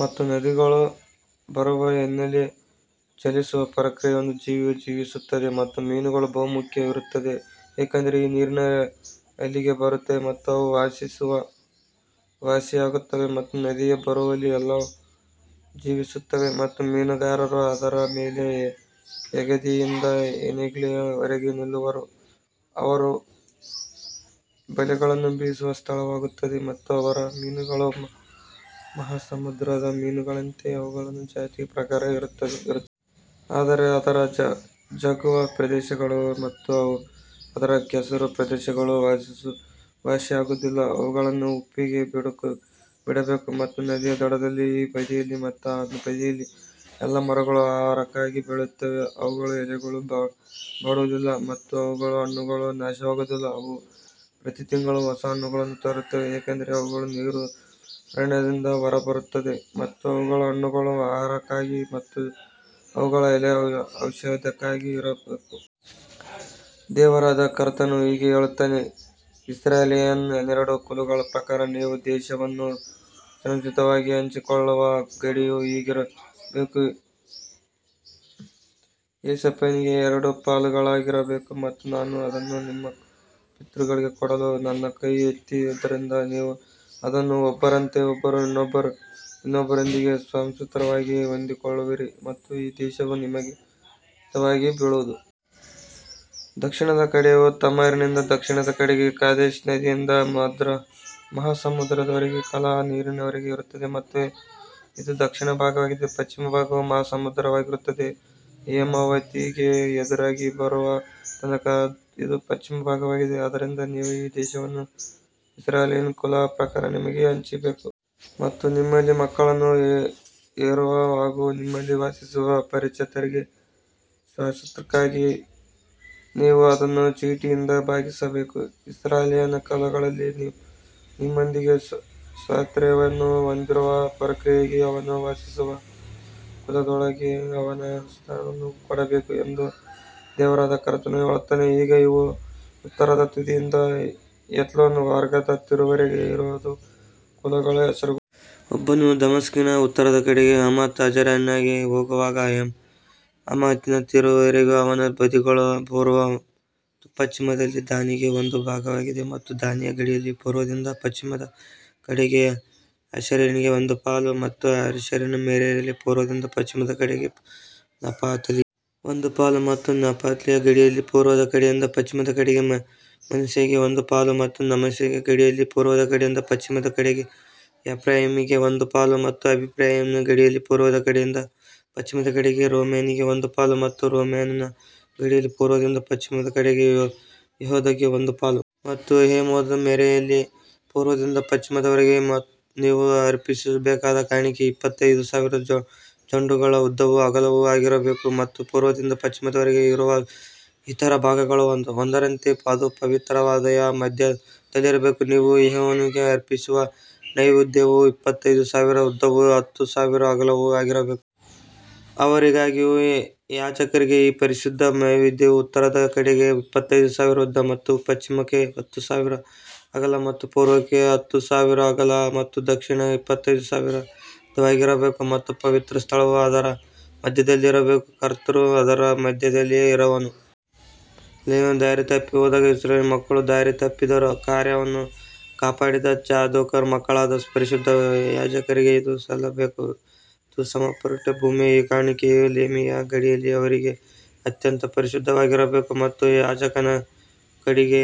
ಮತ್ತು ನದಿಗಳು ಬರುವ ಎಲ್ಲೆಲ್ಲಿ ಚಲಿಸುವ ಪ್ರತಿಯೊಂದು ಜೀವಿಯೂ ಜೀವಿಸುತ್ತದೆ ಮತ್ತು ಮೀನುಗಳ ಬಹುಸಂಖ್ಯೆಯು ಇರುತ್ತದೆ, ಏಕೆಂದರೆ ಈ ನೀರು ಅಲ್ಲಿಗೆ ಬರುತ್ತದೆ ಮತ್ತು ಅವು ವಾಸಿಯಾಗುತ್ತವೆ ಮತ್ತು ನದಿಯು ಬರುವಲ್ಲಿ ಎಲ್ಲವೂ ಜೀವಿಸುತ್ತವೆ. ಮತ್ತು ಮೀನುಗಾರರು ಅದರ ಮೇಲೆ ಎಂಗೇದಿಯಿಂದ ಎನೆಗ್ಲಯಿಮ್ ವರೆಗೆ ನಿಲ್ಲುವರು, ಅವರು ಬಲೆಗಳನ್ನು ಬೀಸುವ ಸ್ಥಳವಾಗುತ್ತದೆ ಮತ್ತು ಅವರ ಮೀನುಗಳು ಮಹಾಸಮುದ್ರದ ಮೀನುಗಳಂತೆ ಅವುಗಳ ಜಾತಿಗಳ ಪ್ರಕಾರ ಇರುತ್ತವೆ. ಆದರೆ ಅದರ ಜವುಗು ಪ್ರದೇಶಗಳು ಮತ್ತು ಅದರ ಕೆಸರು ಪ್ರದೇಶಗಳು ವಾಸಿಯಾಗುವುದಿಲ್ಲ, ಅವುಗಳನ್ನು ಉಪ್ಪಿಗೆ ಬಿಡಬೇಕು. ಮತ್ತು ನದಿಯ ದಡದಲ್ಲಿ ಈ ಬದಿಯಲ್ಲಿ ಮತ್ತು ಆ ಬದಿಯಲ್ಲಿ ಎಲ್ಲಾ ಮರಗಳು ಆಹಾರಕ್ಕಾಗಿ ಬೆಳೆಯುತ್ತವೆ, ಅವುಗಳ ಎಲೆಗಳು ಬಾಡುವುದಿಲ್ಲ ಮತ್ತು ಅವುಗಳ ಹಣ್ಣುಗಳು ನಾಶವಾಗುವುದಿಲ್ಲ, ಅವು ಪ್ರತಿತಿಂಗಳು ಹೊಸ ಹಣ್ಣುಗಳನ್ನು ತರುತ್ತವೆ, ಏಕೆಂದರೆ ಅವುಗಳ ನೀರು ಅಭಯಾರಣ್ಯದಿಂದ ಹೊರಬರುತ್ತದೆ ಮತ್ತು ಅವುಗಳ ಹಣ್ಣುಗಳು ಆಹಾರಕ್ಕಾಗಿ ಮತ್ತು ಅವುಗಳ ಎಲೆಗಳು ಔಷಧಕ್ಕಾಗಿ ಇರಬೇಕು. ದೇವರಾದ ಕರ್ತನು ಹೀಗೆ ಹೇಳುತ್ತಾನೆ, ಇಸ್ರಾಯೇಲಿನ ಹನ್ನೆರಡು ಕುಲಗಳ ಪ್ರಕಾರ ನೀವು ದೇಶವನ್ನು ಸ್ವಾಸ್ತ್ಯವಾಗಿ ಹಂಚಿಕೊಳ್ಳುವ ಗಡಿಯು ಹೀಗಿರಬೇಕು, ಯೋಸೇಫನಿಗೆ ಎರಡು ಪಾಲುಗಳಾಗಿರಬೇಕು. ಮತ್ತು ನಾನು ಅದನ್ನು ನಿಮ್ಮ ಪಿತೃಗಳಿಗೆ ಕೊಡಲು ನನ್ನ ಕೈ ಎತ್ತಿದ್ದರಿಂದ ನೀವು ಅದನ್ನು ಒಬ್ಬರಂತೆ ಇನ್ನೊಬ್ಬರೊಂದಿಗೆ ಸ್ವಾಸ್ತ್ಯವಾಗಿ ಹೊಂದಿಕೊಳ್ಳುವಿರಿ ಮತ್ತು ಈ ದೇಶವು ನಿಮಗೆ ಸ್ವಾಸ್ತ್ಯವಾಗಿ ಬೀಳುವುದು. ಮತ್ತು ದಕ್ಷಿಣದ ಕಡೆಯು ತಾಮಾರಿನಿಂದ ದಕ್ಷಿಣದ ಕಡೆಗೆ ಕಾದೇಶ್ ನದಿಯಿಂದ ಮಹಾಸಮುದ್ರದವರೆಗೆ ಕಲಹದ ನೀರಿನವರೆಗೆ ಇರುತ್ತದೆ, ಮತ್ತು ಇದು ದಕ್ಷಿಣ ಭಾಗವಾಗಿದೆ. ಪಶ್ಚಿಮ ಭಾಗವು ಮಹಾಸಮುದ್ರವಾಗಿರುತ್ತದೆ, ಹಮಾತಿಗೆ ಎದುರಾಗಿ ಬರುವ ತನಕ ಇದು ಪಶ್ಚಿಮ ಭಾಗವಾಗಿದೆ. ಆದ್ದರಿಂದ ನೀವು ಈ ದೇಶವನ್ನು ಇಸ್ರಾಯೇಲಿನ ಕುಲಗಳ ಪ್ರಕಾರ ನಿಮಗೆ ಹಂಚಬೇಕು. ಮತ್ತು ನಿಮ್ಮಲ್ಲಿ ಮಕ್ಕಳನ್ನು ಹೆರುವ ಹಾಗೂ ನಿಮ್ಮಲ್ಲಿ ವಾಸಿಸುವ ಅಪರಿಚಿತರಿಗೆ ಸ್ವಾಸ್ತ್ಯಕ್ಕಾಗಿ ನೀವು ಅದನ್ನು ಚೀಟಿಯಿಂದ ಭಾಗಿಸಬೇಕು. ಇಸ್ರಾಯೇಲಿನ ಕುಲಗಳಲ್ಲಿ ನಿಮ್ಮೊಂದಿಗೆ ಸ್ವಾಸ್ತ್ಯವನ್ನು ಹೊಂದಿರುವ ಪರಕೀಯನಿಗೆ ಅವನು ವಾಸಿಸುವ ಕುಲದೊಳಗೆ ಅವನ ಸ್ವಾಸ್ತ್ಯವನ್ನು ಕೊಡಬೇಕು ಎಂದು ದೇವರಾದ ಕರ್ತನು ಹೇಳುತ್ತಾನೆ. ಈಗ ಇವು ಉತ್ತರದ ತುದಿಯಿಂದ ಹೆತ್ಲೋನ್ ಮಾರ್ಗದ ತೀರದವರೆಗೆ ಇರುವ ಕುಲಗಳ ಹೆಸರುಗಳು. ಒಬ್ಬನು ದಮಸ್ಕಿನ ಉತ್ತರದ ಕಡೆಗೆ ಹಮಾತ್ ಹಜರೇನಾನಿಗೆ ಹೋಗುವಾಗ ಹಮಾತಿನ ತೀರದವರೆಗೆ, ಅವನ ಬದಿಗಳು ಪೂರ್ವ ಮತ್ತು ಪಶ್ಚಿಮದಲ್ಲಿ ದಾನಿಗೆ ಒಂದು ಭಾಗವಾಗಿವೆ. ಮತ್ತು ದಾನಿನ ಗಡಿಯಲ್ಲಿ ಪೂರ್ವದಿಂದ ಪಶ್ಚಿಮದ ಕಡೆಗೆ ಆಶೇರನಿಗೆ ಒಂದು ಪಾಲು, ಮತ್ತು ಆಶೇರನ ಮೇರೆಯಲ್ಲಿ ಪೂರ್ವದಿಂದ ಪಶ್ಚಿಮದ ಕಡೆಗೆ ನಫ್ತಾಲಿಗೆ ಒಂದು ಪಾಲು, ಮತ್ತು ನಫ್ತಾಲಿಯ ಗಡಿಯಲ್ಲಿ ಪೂರ್ವದ ಕಡೆಯಿಂದ ಪಶ್ಚಿಮದ ಕಡೆಗೆ ಮನಸ್ಸೆಗೆ ಒಂದು ಪಾಲು, ಮತ್ತು ಮನಸ್ಸೆಯ ಗಡಿಯಲ್ಲಿ ಪೂರ್ವದ ಕಡೆಯಿಂದ ಪಶ್ಚಿಮದ ಕಡೆಗೆ ಎಫ್ರಾಯೀಮಿಗೆ ಒಂದು ಪಾಲು, ಮತ್ತು ಎಫ್ರಾಯೀಮನ ಗಡಿಯಲ್ಲಿ ಪೂರ್ವದ ಕಡೆಯಿಂದ ಪಶ್ಚಿಮದ ಕಡೆಗೆ ರೂಬೇನನಿಗೆ ಒಂದು ಪಾಲು, ಮತ್ತು ರೂಬೇನನ ಗಡಿಯಲ್ಲಿ ಪೂರ್ವದಿಂದ ಪಶ್ಚಿಮದ ಕಡೆಗೆ ಯೆಹೂದಕ್ಕೆ ಒಂದು ಪಾಲು. ಮತ್ತು ಯೆಹೂದದ ಮೇರೆಯಲ್ಲಿ ಪೂರ್ವದಿಂದ ಪಶ್ಚಿಮದವರೆಗೆ ನೀವು ಅರ್ಪಿಸಬೇಕಾದ ಕಾಣಿಕೆಯು ಇಪ್ಪತ್ತೈದು ಸಾವಿರ ಜೊಂಡುಗಳ ಉದ್ದವೂ ಅಗಲವೂ ಆಗಿರಬೇಕು, ಮತ್ತು ಪೂರ್ವದಿಂದ ಪಶ್ಚಿಮದವರೆಗೆ ಇರುವ ಇತರ ಭಾಗಗಳಲ್ಲಿ ಒಂದರಂತೆ ಅದು ಪವಿತ್ರಾಲಯದ ಮಧ್ಯದಲ್ಲಿರಬೇಕು. ನೀವು ಯೆಹೋವನಿಗೆ ಅರ್ಪಿಸುವ ನೈವೇದ್ಯವು ಇಪ್ಪತ್ತೈದು ಸಾವಿರ ಉದ್ದವೂ ಹತ್ತು ಸಾವಿರ ಅಗಲವೂ ಆಗಿರಬೇಕು. ಅವರಿಗಾಗಿಯೂ ಯಾಜಕರಿಗೆ ಈ ಪರಿಶುದ್ಧ ನೈವೇದ್ಯವು ಉತ್ತರದ ಕಡೆಗೆ ಇಪ್ಪತ್ತೈದು ಸಾವಿರ ಉದ್ದ ಮತ್ತು ಪಶ್ಚಿಮಕ್ಕೆ ಹತ್ತು ಸಾವಿರ ಅಗಲ ಮತ್ತು ಪೂರ್ವಕ್ಕೆ ಹತ್ತು ಸಾವಿರ ಅಗಲ ಮತ್ತು ದಕ್ಷಿಣಕ್ಕೆ ಇಪ್ಪತ್ತೈದು ಸಾವಿರ ಉದ್ದವಾಗಿರಬೇಕು, ಮತ್ತು ಪವಿತ್ರ ಸ್ಥಳವು ಅದರ ಮಧ್ಯದಲ್ಲಿರಬೇಕು. ಕರ್ತನು ಅದರ ಮಧ್ಯದಲ್ಲಿ ಇರುವನು. ಲೇವಿಯರು ದಾರಿತಪ್ಪಿ ಹೋದಾಗ ಇಸ್ರಾಯೇಲ್ ಮಕ್ಕಳು ದಾರಿತಪ್ಪಿದರೂ ನನ್ನ ಕಾರ್ಯವನ್ನು ಕಾಪಾಡಿದ ಚಾದೋಕನ ಮಕ್ಕಳಾದ ಪರಿಶುದ್ಧ ಯಾಜಕರಿಗೆ ಇದು ಸಲ್ಲಬೇಕು. ಮತ್ತು ಸಮರ್ಪಿಸಲ್ಪಟ್ಟ ಭೂಮಿಯ ಈ ಕಾಣಿಕೆಯು ಲೇವಿಯರ ಗಡಿಯಲ್ಲಿ ಅವರಿಗೆ ಅತ್ಯಂತ ಪರಿಶುದ್ಧವಾಗಿರಬೇಕು. ಮತ್ತು ಯಾಜಕರ ಗಡಿಗೆ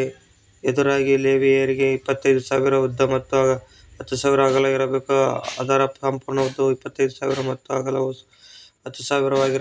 ಎದುರಾಗಿ ಲೇವಿಯರಿಗೆ ಇಪ್ಪತ್ತೈದು ಸಾವಿರ ಉದ್ದ ಮತ್ತು ಹತ್ತು ಸಾವಿರ ಅಗಲ ಇರಬೇಕು, ಅದರ ಸಂಪೂರ್ಣ ಉದ್ದವು ಇಪ್ಪತ್ತೈದು ಸಾವಿರ ಮತ್ತು ಅಗಲವು ಹತ್ತು ಸಾವಿರವಾಗಿರಬೇಕು.